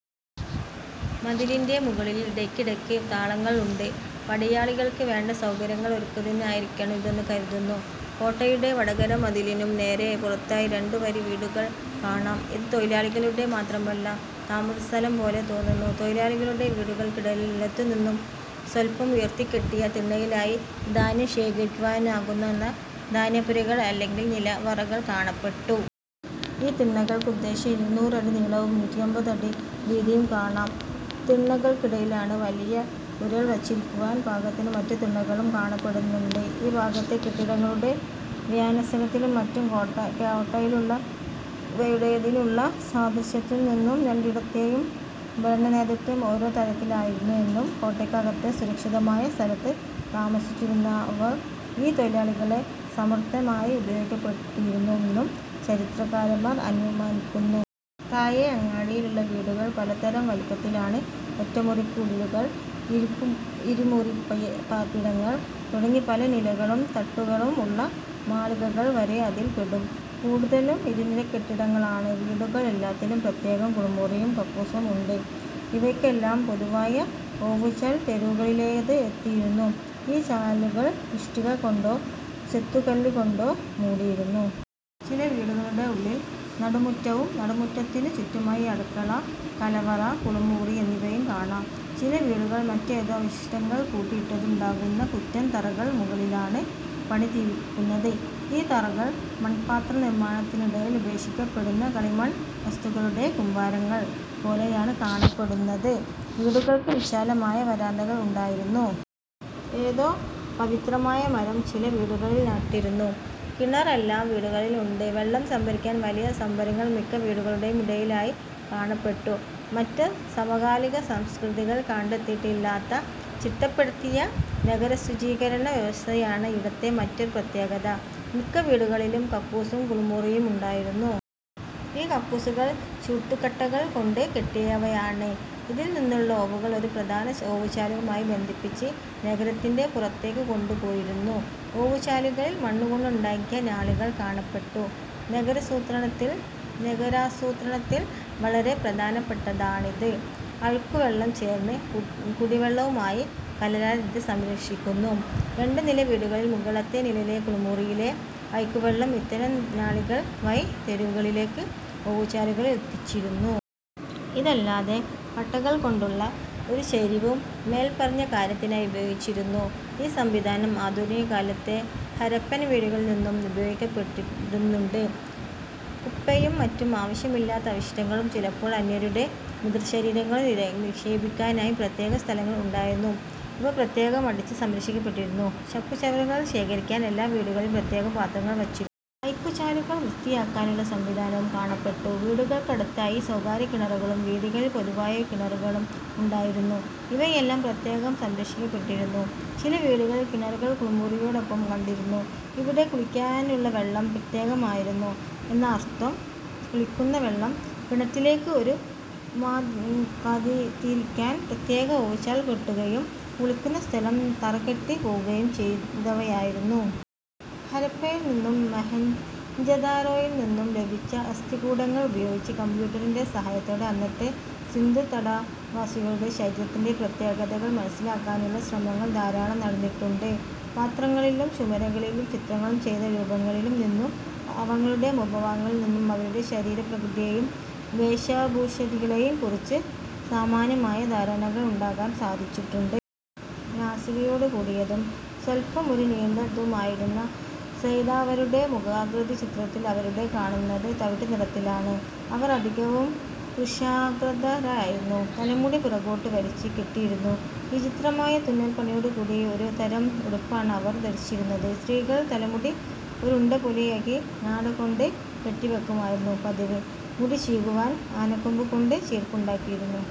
മതിലിൻ്റെ മുകളിൽ ഇടയ്ക്കിടക്ക് തളങ്ങൾ ഉണ്ട്. പടയാളികൾക്ക് വേണ്ട സൗകര്യങ്ങൾ ഒരുക്കുന്നതിനായിരിക്കണം ഇതെന്ന് കരുതുന്നു. കോട്ടയുടെ വടക്കേ മതിലിനും നേരെ പുറത്തായി രണ്ടു വരി വീടുകൾ കാണാം. ഇത് തൊഴിലാളികളുടെ മാത്രമായ താമസസ്ഥലം പോലെ തോന്നുന്നു. തൊഴിലാളികളുടെ വീടുകൾക്കിടയിൽ നിലത്തുനിന്ന് സ്വല്പം ഉയർത്തിക്കെട്ടിയ തിണ്ണയിലായി ധാന്യം ശേഖരിക്കുവാനുതകുന്ന ധാന്യപ്പുരകൾ അല്ലെങ്കിൽ നിലവറകൾ കാണപ്പെട്ടു. ഈ തിണ്ണകൾക്ക് ഉദ്ദേശം ഇരുന്നൂറ് അടി നീളവും നൂറ്റിയമ്പത് അടി വീതിയും കാണാം. തിണ്ണകൾക്കിടയിലായി വലിയ ഉരൽ വച്ചിരിക്കുവാൻ പാകത്തിന് മറ്റു തിണ്ണകളും കാണപ്പെടുന്നുണ്ട്. ഈ ഭാഗത്തെ കെട്ടിടങ്ങളുടെ വിന്യാസത്തിനും മറ്റും കോട്ടയിലുള്ളവയുടേതിനോടുള്ള സാദൃശ്യത്തിൽ നിന്ന് രണ്ടിടത്തെയും ഭരണനേതൃത്വം ഒരേ തരത്തിലായിരുന്നു എന്നും കോട്ടയ്ക്കകത്തെ സുരക്ഷിതമായ സ്ഥലത്ത് താമസിച്ചിരുന്നവർ ഈ തൊഴിലാളികളെ സമർത്ഥമായി ഉപയോഗപ്പെടുത്തിയിരുന്നു എന്നും ചരിത്രകാരന്മാർ അനുമാനിക്കുന്നു. താഴെ അങ്ങാടിയിലുള്ള വീടുകൾ പലതരം വലിപ്പത്തിലാണ്. ഒറ്റമുറിക്കുടിലുകൾ, ഇരുമുറിപ്പാർപ്പിടങ്ങൾ തുടങ്ങി പല നിലകളും തട്ടുകളും ഉള്ള മാളികകൾ വരെ അതിൽപ്പെടും. കൂടുതലും ഇരുനിലക്കെട്ടിടങ്ങളാണ്. വീടുകൾ എല്ലാത്തിനും പ്രത്യേകം കുളിമുറിയും കക്കൂസും ഉണ്ട്. ഇവയ്ക്കെല്ലാം പൊതുവായ ഓവുചാൽ തെരുവുകളിലേയ്ക്ക് എത്തിയിരുന്നു. ഈ ചാലുകൾ ഇഷ്ടികകൊണ്ടോ ചെത്തുകല്ലുകൾകൊണ്ടോ മൂടിയിരുന്നു. ചില വീടുകളുടെ ഉള്ളിൽ നടുമുറ്റവും നടുമുറ്റത്തിനു ചുറ്റുമായി അടുക്കള, കലവറ, കുളിമുറി എന്നിവയും കാണാം. ചില വീടുകൾ മറ്റെന്തോ അവശിഷ്ടങ്ങൾ കൂട്ടിയിട്ടതുകൊണ്ടുണ്ടായ കൂറ്റൻ തറകൾക്ക് മുകളിലാണ് പണിതിരിക്കുന്നത്. ഈ തറകൾ മൺപാത്രനിർമ്മാണത്തിനിടയിൽ ഉപേക്ഷിക്കപ്പെടുന്ന കളിമൺ വസ്തുക്കളുടെ കൂമ്പാരങ്ങൾ പോലെയാണ് കാണപ്പെടുന്നത്. വീടുകൾക്ക് വിശാലമായ വരാന്തകൾ ഉണ്ടായിരുന്നു. ഏതോ പവിത്രമായ മരം ചില വീടുകളിൽ നട്ടിരുന്നു. കിണർ എല്ലാ വീടുകളിലും ഉണ്ട്. വെള്ളം സംഭരിക്കാൻ വലിയ സംഭരണികൾ മിക്ക വീടുകളുടേയും ഇടയിലായി കാണപ്പെട്ടു. മറ്റ് സമകാലിക സംസ്കൃതികളിൽ കണ്ടെത്തിയിട്ടില്ലാത്ത ചിട്ടപ്പെടുത്തിയ നഗരശുചീകരണ വ്യവസ്ഥയാണ് ഇവിടത്തെ മറ്റൊരു പ്രത്യേകത. മിക്ക വീടുകളിലും കക്കൂസും കുളിമുറിയും ഉണ്ടായിരുന്നു. ഈ കക്കൂസുകൾ ചുടുകട്ടകൾ കൊണ്ട് കെട്ടിയവയാണ്. ഇതിൽ നിന്നുള്ള ഓവുകൾ ഒരു പ്രധാന ഓവുചാലുമായി ബന്ധിപ്പിച്ച് നഗരത്തിൻ്റെ പുറത്തേയ്ക്ക് കൊണ്ടുപോയിരുന്നു. ഓവുചാലുകളിൽ മണ്ണുകൊണ്ടുണ്ടാക്കിയ നാളികൾ കാണപ്പെട്ടു. നഗരാസൂത്രണത്തിൽ വളരെ പ്രധാനപ്പെട്ടതാണിത്. അഴുക്കുവെള്ളം ചോർന്ന് കുടിവെള്ളവുമായി കലരാതെ ഇത് സംരക്ഷിക്കുന്നു. രണ്ടു നില വീടുകളിൽ മുകളിലത്തെ നിലയിലെ കുളിമുറികളിലെ അഴുക്കുവെള്ളം ഇത്തരം നാളികൾ വഴി തെരുവുകളിലെ ഓവുചാലുകളിൽ എത്തിച്ചിരുന്നു. ഇതല്ലാതെ കട്ടകൾ കൊണ്ടുള്ള ഒരു ചരിവും മേൽപ്പറഞ്ഞ കാര്യത്തിനായി ഉപയോഗിച്ചിരുന്നു. ഈ സംവിധാനം ആധുനികകാലത്തെ ഹാരപ്പൻ വീടുകളിൽ ഇന്നും ഉപയോഗിക്കപ്പെടുന്നുണ്ട്. കുപ്പയും മറ്റു ആവശ്യമില്ലാത്ത അവശിഷ്ടങ്ങളും ചിലപ്പോൾ അന്യരുടെ മൃതശരീരങ്ങളും നിക്ഷേപിക്കാനായി പ്രത്യേകം സ്ഥലങ്ങൾ ഉണ്ടായിരുന്നു. ഇവ പ്രത്യേകം അടച്ച് സംരക്ഷിക്കപ്പെട്ടിരുന്നു. ചപ്പുചവറുകൾ ശേഖരിക്കാൻ എല്ലാ വീടുകളിലും പ്രത്യേകം പാത്രങ്ങൾ വച്ചിരുന്നു. അഴുക്കുചാലുകൾ വൃത്തിയാക്കാനുള്ള സംവിധാനവും കാണപ്പെട്ടു. വീടുകൾക്കടുത്തായി സ്വകാര്യ കിണറുകളും, വീഥികളിൽ പൊതുവായ കിണറുകളും ഉണ്ടായിരുന്നു. ഇവയെല്ലാം പ്രത്യേകം സംരക്ഷിക്കപ്പെട്ടിരുന്നു. ചില വീടുകളിൽ കിണറുകൾ കുളിമുറിയോടൊപ്പം കണ്ടിരുന്നു. ഇവിടെ കുളിക്കാനുള്ള വെള്ളം പ്രത്യേകം ആയിരുന്നു എന്നർത്ഥം. കുളിക്കുന്ന വെള്ളം കിണറ്റിലേയ്ക്ക് ഒഴുകാതിരിക്കാൻ പ്രത്യേക ഓവുചാൽ കെട്ടുകയും കുളിക്കുന്ന സ്ഥലം തറകെട്ടി പൊക്കുകയും ചെയ്തവയായിരുന്നു. ഹരപ്പയിൽ നിന്നും മൊഹൻജൊദാരോയിൽ നിന്നും ലഭിച്ച അസ്ഥികൂടങ്ങൾ ഉപയോഗിച്ച് കമ്പ്യൂട്ടറിൻ്റെ സഹായത്തോടെ അന്നത്തെ സിന്ധുതടവാസികളുടെ ശരീരത്തിൻ്റെ പ്രത്യേകതകൾ മനസ്സിലാക്കാനുള്ള ശ്രമങ്ങൾ ധാരാളം നടന്നിട്ടുണ്ട്. പാത്രങ്ങളിലും ചുമരുകളിലും ചിത്രണം ചെയ്ത രൂപങ്ങളിൽ നിന്നും പാവകളുടെ മുഖഭാവങ്ങളിൽ നിന്നും അവരുടെ ശരീരപ്രകൃതിയേയും വേഷഭൂഷാദികളേയും കുറിച്ച് സാമാന്യമായ ധാരണകൾ ഉണ്ടാക്കാൻ സാധിച്ചിട്ടുണ്ട്. നല്ല നാസികയോടുകൂടിയതും സ്വല്പമൊന്നു നീണ്ടതുമായിരുന്നു സൈന്ധവരുടെ മുഖാകൃതി. ചിത്രങ്ങളിൽ അവരെ കാണുന്നത് തവിട്ടുനിറത്തിലാണ്. അവർ അധികവും കൃശഗാത്രരായിരുന്നു. തലമുടി പിറകോട്ട് വലിച്ചു കെട്ടിയിരുന്നു. വിചിത്രമായ തുന്നൽപ്പണിയോടുകൂടിയ ഒരു തരം ഉടുപ്പാണ് അവർ ധരിച്ചിരുന്നത്. സ്ത്രീകൾ തലമുടി ഒരുണ്ടപോലെയാക്കി നാടകൊണ്ട് കെട്ടിവയ്ക്കുകയായിരുന്നു പതിവ്. മുടി ചീകുവാൻ ആനക്കൊമ്പുകൊണ്ട് ചീർപ്പുണ്ടാക്കിയിരുന്നു.